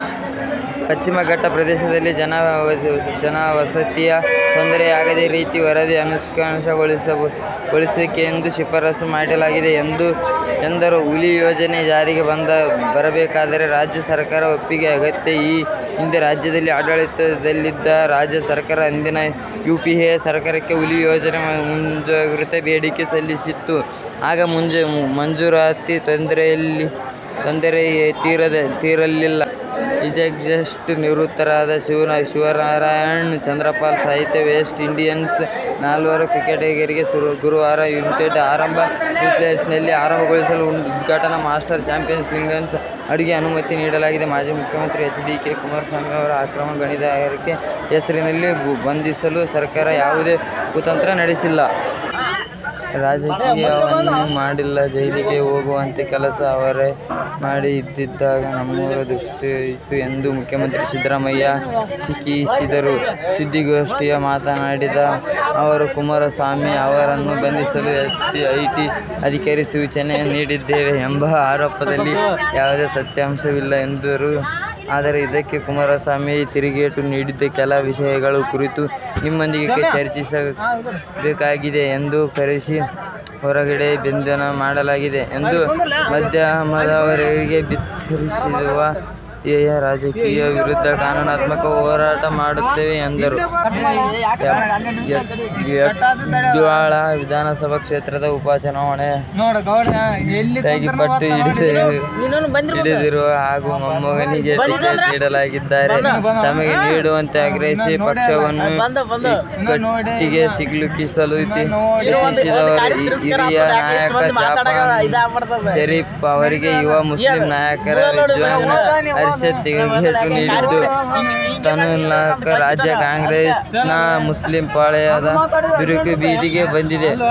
ಪಶ್ಚಿಮಘಟ್ಟ ಪ್ರದೇಶದಲ್ಲಿ ಜನವಸತಿಗೆ ತೊಂದರೆಯಾಗದ ರೀತಿ ವರದಿ ಅನುಷ್ಠಾನಗೊಳಿಸಬೇಕೆಂದು ಶಿಫಾರಸು ಮಾಡಲಾಗಿದೆ ಎಂದರು. ಹುಲಿ ಯೋಜನೆ ಜಾರಿಗೆ ಬರಬೇಕಾದರೆ ರಾಜ್ಯ ಸರ್ಕಾರದ ಒಪ್ಪಿಗೆ ಅಗತ್ಯ. ಈ ಹಿಂದೆ ರಾಜ್ಯದಲ್ಲಿ ಆಡಳಿತದಲ್ಲಿದ್ದ ರಾಜ್ಯ ಸರ್ಕಾರ ಅಂದಿನ ಯುಪಿಎ ಸರ್ಕಾರಕ್ಕೆ ಹುಲಿ ಯೋಜನೆ ಮಂಜೂರಾತಿಗೆ ಬೇಡಿಕೆ ಸಲ್ಲಿಸಿತ್ತು. ಆಗ ಮಂಜೂರಾತಿ ದೊರೆತಿರಲಿಲ್ಲ. ಈಚೆಗಷ್ಟೇ ನಿವೃತ್ತರಾದ ಶಿವನಾರಾಯಣ್ ಚಂದ್ರಪಾಲ್ ಸಹಿತ ವೆಸ್ಟ್ಇಂಡೀಸ್ನ ನಾಲ್ವರು ಕ್ರಿಕೆಟಿಗರಿಗೆ ಗುರುವಾರ ಯುನೈಟೆಡ್ ಅರಬ್ ಎಮಿರೇಟ್ಸ್ ನಲ್ಲಿ ಆರಂಭಗೊಳ್ಳಲಿರುವ ಉದ್ಘಾಟನಾ ಮಾಸ್ಟರ್ ಚಾಂಪಿಯನ್ಸ್ ಲೀಗ್ನಲ್ಲಿ ಆಡುವುದಕ್ಕೆ ಅನುಮತಿ ನೀಡಲಾಗಿದೆ. ಮಾಜಿ ಮುಖ್ಯಮಂತ್ರಿ ಎಚ್. ಡಿ. ಕುಮಾರಸ್ವಾಮಿ ಅವರನ್ನು ಅಕ್ರಮ ಗಣಿಗಾರಿಕೆ ಹೆಸರಲ್ಲಿ ಬಂಧಿಸಲು ಸರ್ಕಾರ ಯಾವುದೇ ಕುತಂತ್ರವನ್ನು ನಡೆಸಿಲ್ಲ. ರಾಜಕೀಯವನ್ನೂ ಮಾಡಿಲ್ಲ. ಜೈಲಿಗೆ ಹೋಗುವಂತೆ ಕೆಲಸ ಅವರೇ ಮಾಡಿ ಇದೀಗ ನಮ್ಮನ್ನೂ ದೂಷಿಸುತ್ತಿದ್ದಾರೆ ಎಂದು ಮುಖ್ಯಮಂತ್ರಿ ಸಿದ್ದರಾಮಯ್ಯ ಟೀಕಿಸಿದರು. ಸುದ್ದಿಗೋಷ್ಠಿಯಲ್ಲಿ ಮಾತನಾಡಿದ ಅವರು, ಕುಮಾರಸ್ವಾಮಿ ಅವರನ್ನು ಬಂಧಿಸಲು ಎಸ್ಐಟಿ ಅಧಿಕಾರಿಗಳಿಗೆ ಸೂಚನೆ ನೀಡಿದ್ದೇವೆ ಎಂಬ ಆರೋಪದಲ್ಲಿ ಯಾವುದೇ ಸತ್ಯಾಂಶವಿಲ್ಲ ಎಂದರು. ಆದರೆ ಇದಕ್ಕೆ ಕುಮಾರಸ್ವಾಮಿ ತಿರುಗೇಟು ನೀಡಿದ್ದು, ಕೆಲ ವಿಷಯಗಳ ಕುರಿತು ನಿಮ್ಮೊಂದಿಗೆ ಚರ್ಚಿಸಬೇಕಾಗಿದೆ ಎಂದು ಕರೆಸಿ, ಹೊರಗಡೆ ಬಂಧನ ಮಾಡಲಾಗಿದೆ ಎಂದು ಮಾಧ್ಯಮದವರಿಗೆ ಬಿತ್ತರಿಸಿರುವ ಹೇಯ ರಾಜಕೀಯದ ವಿರುದ್ಧ ಕಾನೂನಾತ್ಮಕ ಹೋರಾಟ ಮಾಡುತ್ತೇನೆ ಎಂದರು. ಹೆಬ್ಟಾಳ ವಿಧಾನಸಭಾ ಕ್ಷೇತ್ರದ ಉಪ ಚುನಾವಣೆಯ ಟಿಕೆಟ್ಗಾಗಿ ಪಟ್ಟು ಹಿಡಿದಿರುವ ಹಾಗೂ ಮೊಮ್ಮಗನಿಗೆ ಟಿಕೆಟ್ ನೀಡಲಾಗದಿದ್ದರೆ ತಮಗೇ ನೀಡುವಂತೆ ಆಗ್ರಹಿಸಿ ಪಕ್ಷವನ್ನು ಇಕ್ಕಟ್ಟಿಗೆ ಸಿಲುಕಿಸಲು ಯತ್ನಿಸಿರುವ ಹಿರಿಯ ನಾಯಕ ಜಾಫರ್ ಷರೀಫ್ ಅವರಿಗೆ ಯುವ ಮುಸ್ಲಿಂ ನಾಯಕ ರಿಜ್ವಾನ್ ಅರ್ಷದ್ ತಿರುಗೇಟು ನೀಡಿದ್ದು, ತನ್ಮೂಲಕ ರಾಜ್ಯ ಕಾಂಗ್ರೆಸ್ನ ಮುಸ್ಲಿಂ ಪಾಳೆಯದ ಬಿರುಕು ಬೀದಿಗೆ ಬಂದಿದೆ.